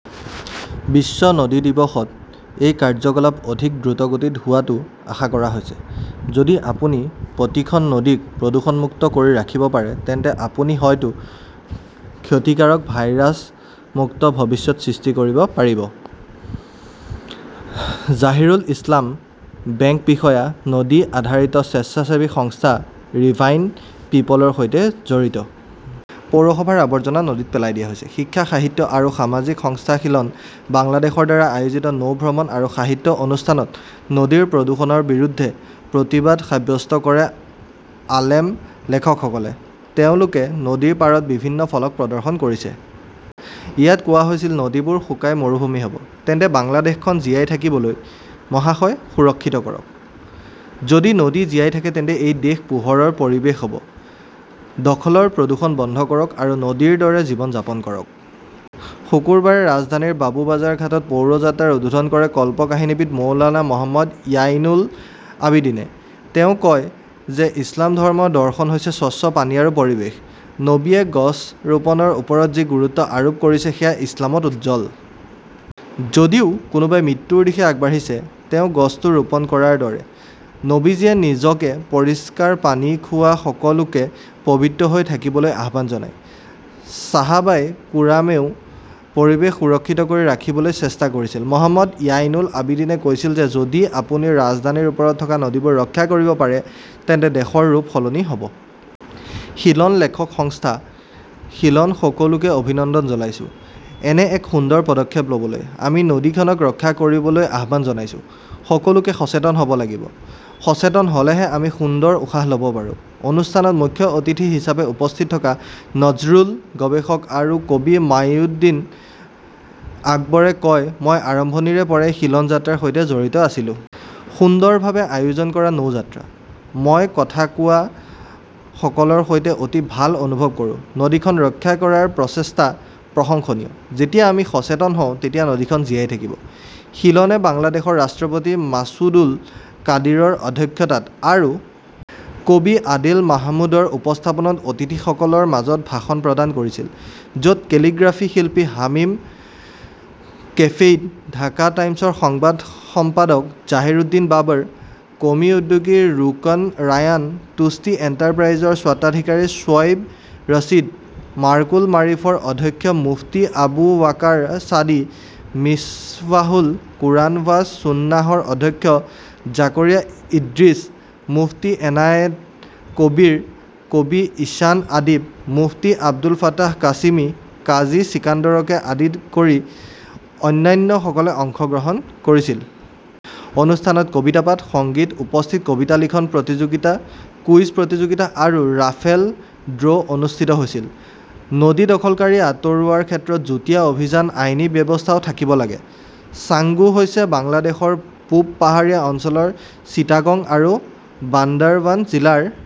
বিশ্ব নদী দিৱসত এই কাৰ্যকলাপ অধিক দ্ৰুতগতিত হোৱাটো আশা কৰা হৈছে। যদি আপুনি প্ৰতিখন নদীক প্ৰদূষণমুক্ত কৰি ৰাখিব পাৰে তেন্তে আপুনি হয়তো ক্ষতিকাৰক ভাইৰাছ মুক্ত ভৱিষ্যতৰ সৃষ্টি কৰিব পাৰিব। জাহিৰুল ইছলাম বেংক বিষয়া, নদী-আধাৰিত স্বেচ্ছাসেৱী সংস্থা ৰিভাৰাইন পিপলৰ সৈতে জড়িত। পৌৰসভাৰ আৱৰ্জনা নদীত পেলাই দিয়া হৈছে । শিক্ষা, সাহিত্য আৰু সামাজিক সংস্থা শীলন বাংলাদেশৰ দ্বাৰা আয়োজিত নৌ ভ্ৰমণ আৰু সাহিত্য অনুষ্ঠানত নদীৰ প্ৰদূষণৰ বিৰুদ্ধে প্ৰতিবাদ সাব্যস্ত কৰে আলেম লেখকসকলে। তেওঁলোকে নদীৰ পাৰত বিভিন্ন ফলক প্ৰদৰ্শন কৰিছে। ইয়াত কোৱা হৈছিল, নদীবোৰ শুকাই মৰুভূমি হ'ব তেন্তে বাংলাদেশ খন জীয়াই থাকিবলৈ, মহাশয় সুৰক্ষিত কৰক। যদি নদী জীয়াই থাকে তেন্তে এই দেশ পোহৰৰ পৰিৱেশ হ 'ব। দখলৰ প্ৰদূষণ বন্ধ কৰক আৰু নদীৰ দৰে জীৱন যাপন কৰক । শুকুৰবাৰে ৰাজধানীৰ বাবুবাজাৰ ঘাটত পৌৰ যাত্ৰাৰ উদ্বোধন কৰে কল্পকাহিনীবিদ মৌলানা মহম্মদ য়াইনুল আবিদিনে। তেওঁ কয় যে ইছলামৰ দৰ্শন হৈছে স্বচ্ছ পানী আৰু পৰিৱেশ। নবীয়ে গছ ৰোপণৰ ওপৰত যি গুৰুত্ব আৰোপ কৰিছে সেয়া ইছলামত উজ্জ্বল। যদিও কোনোবাই মৃত্যুৰ দিশে আগবাঢ়িছে, তেওঁ গছটো ৰোপণ কৰাৰ দৰে। নবীজীয়ে নিজকে পৰিষ্কাৰ পানী খোৱা সকলোকে পবিত্ৰ হৈ থাকিবলৈ আহ্বান জনায়। চহাবাই কেৰামেও পৰিৱেশ সুৰক্ষিত কৰি ৰাখিবলৈ চেষ্টা কৰিছিল। মহম্মদ য়াইনুল আবিদীনে কৈছিল যে যদি আপুনি ৰাজধানীৰ ওপৰত থকা নদীবোৰ ৰক্ষা কৰিব পাৰে তেন্তে দেশৰ ৰূপ সলনি হ 'ব। শীলন লেখক সংস্থা । শীলন সকলোকে অভিনন্দন জনাইছো। এনে এক সুন্দৰ পদক্ষেপ ল'বলৈ। আমি নদীখনক ৰক্ষা কৰিবলৈ আহ্বান জনাইছো। সকলোকে সচেতন হ'ব লাগিব। সচেতন হ'লেহে আমি সুন্দৰ উশাহ ল'ব পাৰোঁ। অনুষ্ঠানত মুখ্য অতিথি হিচাপে উপস্থিত থকা নজৰুল গৱেষক আৰু কবি মাইউদ্দিন আকবৰে কয়, "মই আৰম্ভণিৰে পৰাই শীলন যাত্ৰাৰ সৈতে জড়িত আছিলো। সুন্দৰভাৱে আয়োজন কৰা নৌ যাত্ৰা। মই কথা কোৱাসকলৰ সৈতে অতি ভাল অনুভৱ কৰোঁ। নদীখন ৰক্ষা কৰাৰ প্ৰচেষ্টা প্ৰশংসনীয়। যেতিয়া আমি সচেতন হওঁ তেতিয়া নদীখন জীয়াই থাকিব। শীলনে বাংলাদেশৰ ৰাষ্ট্ৰপতি মাছুদুল কাদিৰৰ অধ্যক্ষতাত আৰু কবি আদিল মাহমুদৰ উপস্থাপনত অতিথিসকলৰ মাজত ভাষণ প্ৰদান কৰিছিল, য'ত কেলিগ্ৰাফী শিল্পী হামিম কেফেইট, ঢাকা টাইমছৰ সংবাদ সম্পাদক জাহিৰউদ্দিন বাবৰ, ক'মি উদ্যোগী ৰোকন ৰায়ান, তুষ্টি এণ্টাৰপ্ৰাইজৰ স্বত্বাধিকাৰী শ্বুইব ৰছিদ, মাৰ্কুল মাৰিফৰ অধ্যক্ষ মুফতি আবু বাকাৰ ছাদি, মিছবাহুল কুৰাণ ৱাছ সুন্নাহৰ অধ্যক্ষ জাকৰিয়া ইদ্ৰিছ, মুফতি এনায়েট কবীৰ, কবি ইছান আদিব, মুফতি আবুল ফাতাহ কাছিমি, কাজী চিকাণ্ডাৰকে ধৰি অন্যান্যসকলে অংশগ্ৰহণ কৰিছিল। অনুষ্ঠানত কবিতা পাঠ, সংগীত, উপস্থিত কবিতা লিখন প্ৰতিযোগিতা, কুইজ প্ৰতিযোগিতা আৰু ৰাফেল ড্ৰ' অনুষ্ঠিত হৈছিল। নদী দখলকাৰী আঁতৰোৱাৰ ক্ষেত্ৰত যুটীয়া অভিযান, আইনী ব্যৱস্থাও থাকিব লাগে । চাঙ্গু হৈছে বাংলাদেশৰ পূব পাহাৰীয়া অঞ্চলৰ চিটাগং আৰু বান্দাৰবান জিলাৰ